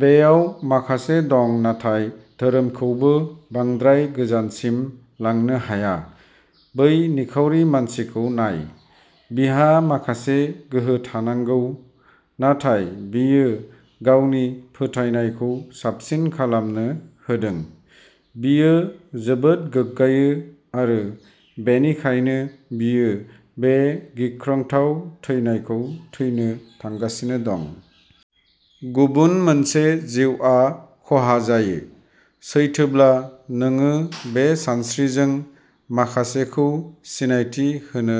बेयाव माखासे दं नाथाय धोरोमखौबो बांद्राय गोजानसिम लांनो हाया। बै निखावरि मानसिखौ नाय। बिहा माखासे गोहो थानांगौ, नाथाय बियो गावनि फोथायनायखौ साबसिन खालामनो होदों। बियो जोबोद गोग्गायो आरो बेनिखायनो बियो बे गिख्रंथाव थैनायखौ थैनो थांगासिनो दं। गुबुन मोनसे जिउआ खहा जायो। सैथोब्ला नोङो बे सानस्रिजों माखासेखौ सिनायथि होनो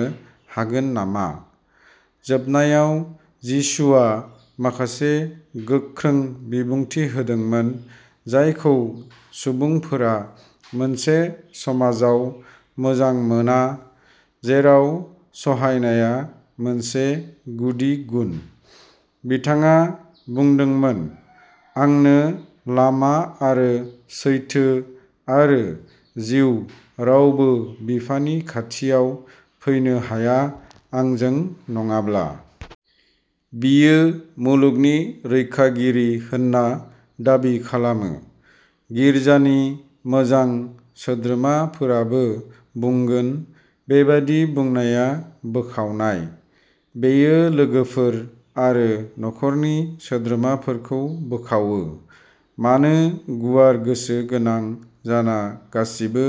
हागोन नामा? जोबनायाव, जिसुआ माखासे गोख्रों बिबुंथि होदोंमोन जायखौ सुबुंफोरा मोनसे समाजाव मोजां मोना जेराव सहायनाया मोनसे गुदि गुन। बिथाङा बुंदोंमोन, "आंनो लामा आरो सैथो आरो जिउ रावबो बिफानि खाथियाव फैनो हाया आंजों नङाब्ला।" बियो मुलुगनि रैखागिरि होनना दाबि खालामो। गिरजानि मोजां सोद्रोमाफोराबो बुंगोन, बेबादि बुंनाया बोखावनाय। बेयो लोगोफोर आरो नखरनि सोद्रोमाफोरखौ बोखावो। मानो गुवार गोसो गोनां जाना गासिबो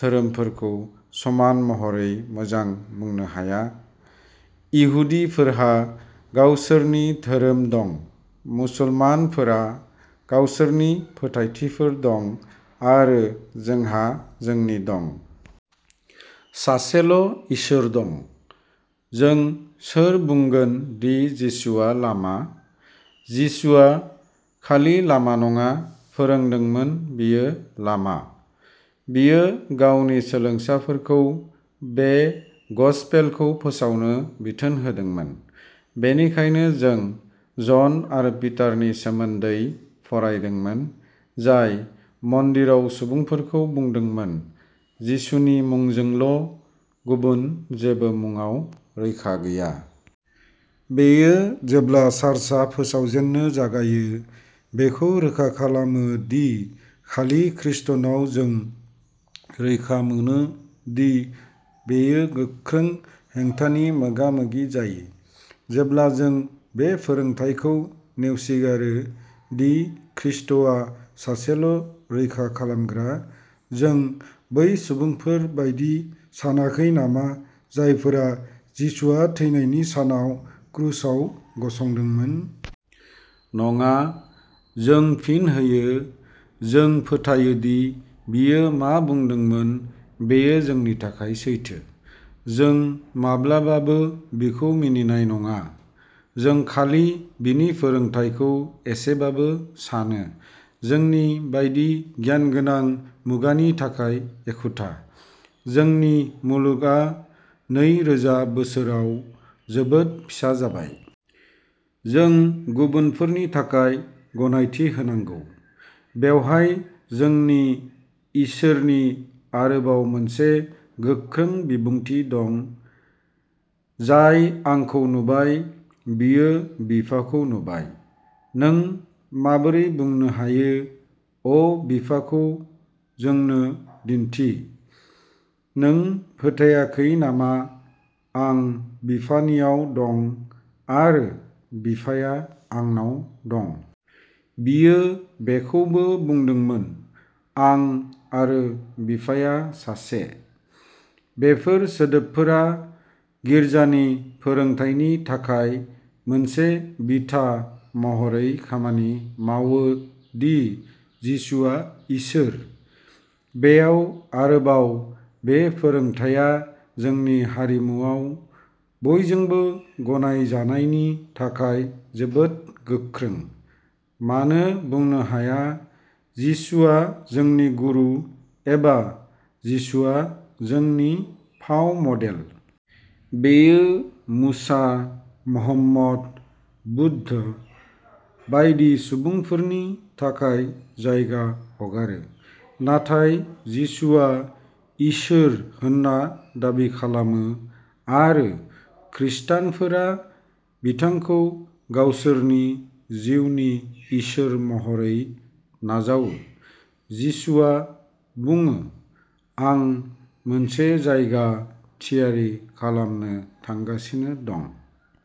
धोरोमफोरखौ समान महरै मोजां बुंनो हाया? इहुदिफोरहा गावसोरनि धोरोम दं, मुसलमानफोरा गावसोरनि फोथायथिफोर दं, आरो जोंहा जोंनि दं। सासेल' इसोर दं। जों सोर बुंगोन दि जिसुआ लामा? जिसुआ खालि लामा नङा फोरोंदोंमोन बियो लामा। बियो गावनि सोलोंसाफोरखौ बे गसपेलखौ फोसावनो बिथोन होदोंमोन। बेनिखायनो जों जन आरो पिटारनि सोमोन्दै फरायदोंमोन, जाय मन्दिराव सुबुंफोरखौ बुंदोंमोन, "जिसुनि मुंजोंल' गुबुन जेबो मुङाव रैखा गैया"। बेयो जेब्ला चार्चआ फोसावजेननो जागायो बेखौ रोखा खालामो दि खालि ख्रिस्ट’नाव जों रैखा मोनो दि बेयो गोख्रों हेंथानि मोगा-मोगि जायो। जेब्ला जों बे फोरोंथायखौ नेवसिगारो, दि ख्रिस्ट’आ सासेल' रैखा खालामग्रा, जों बै सुबुंफोर बायदि सानाखै नामा जायफोरा जिसुआ थैनायनि सानाव क्रुसआव गसंदोंमोन? नङा, जों फिन होयो, जों फोथायो दि बियो मा बुंदोंमोन बेयो जोंनि थाखाय सैथो। जों माब्लाबाबो बिखौ मिनिनाय नङा। जों खालि बिनि फोरोंथायखौ एसेबाबो सानो। जोंनि बायदि गियानगोनां मुगानि थाखाय एखुथा। जोंनि मुलुगआ नै रोजा बोसोराव जोबोद फिसा जाबाय। जों गुबुनफोरनि थाखाय गनायथि होनांगौ। बेवहाय जोंनि इसोरनि आरोबाव मोनसे गोख्रों बिबुंथि दं, "जाय आंखौ नुबाय, बियो बिफाखौ नुबाय। नों माबोरै बुंनो हायो, अ बिफाखौ जोंनो दिन्थि? नों फोथायाखै नामा आं बिफानियाव दं, आरो बिफाया आंनाव दं? बियो बेखौबो बुंदोंमोन, "आं आरो बिफाया सासे।" बेफोर सोदोबफोरा गिरजानि फोरोंथायनि थाखाय मोनसे बिथा महरै खामानि मावो दि जिसुआ इसोर। बेयाव आरोबाव बे फोरोंथाया जोंनि हारिमुआव बयजोंबो गनायजानायनि थाखाय जोबोद गोख्रों। मानो बुंनो हाया, जिसुआ जोंनि गुरु एबा जिसुआ जोंनि फाव मडेल। बेयो मुसा, महम्मद, बुद्ध बायदि सुबुंफोरनि थाखाय जायगा हगारो। नाथाय जिसुआ इसोर होनना दाबि खालामो, आरो खिस्टानफोरा बिथांखौ गावसोरनि जिउनि इसोर महरै नाजावो। जिसुआ बुङो, "आं मोनसे जायगा थियारि खालामनो थांगासिनो दं।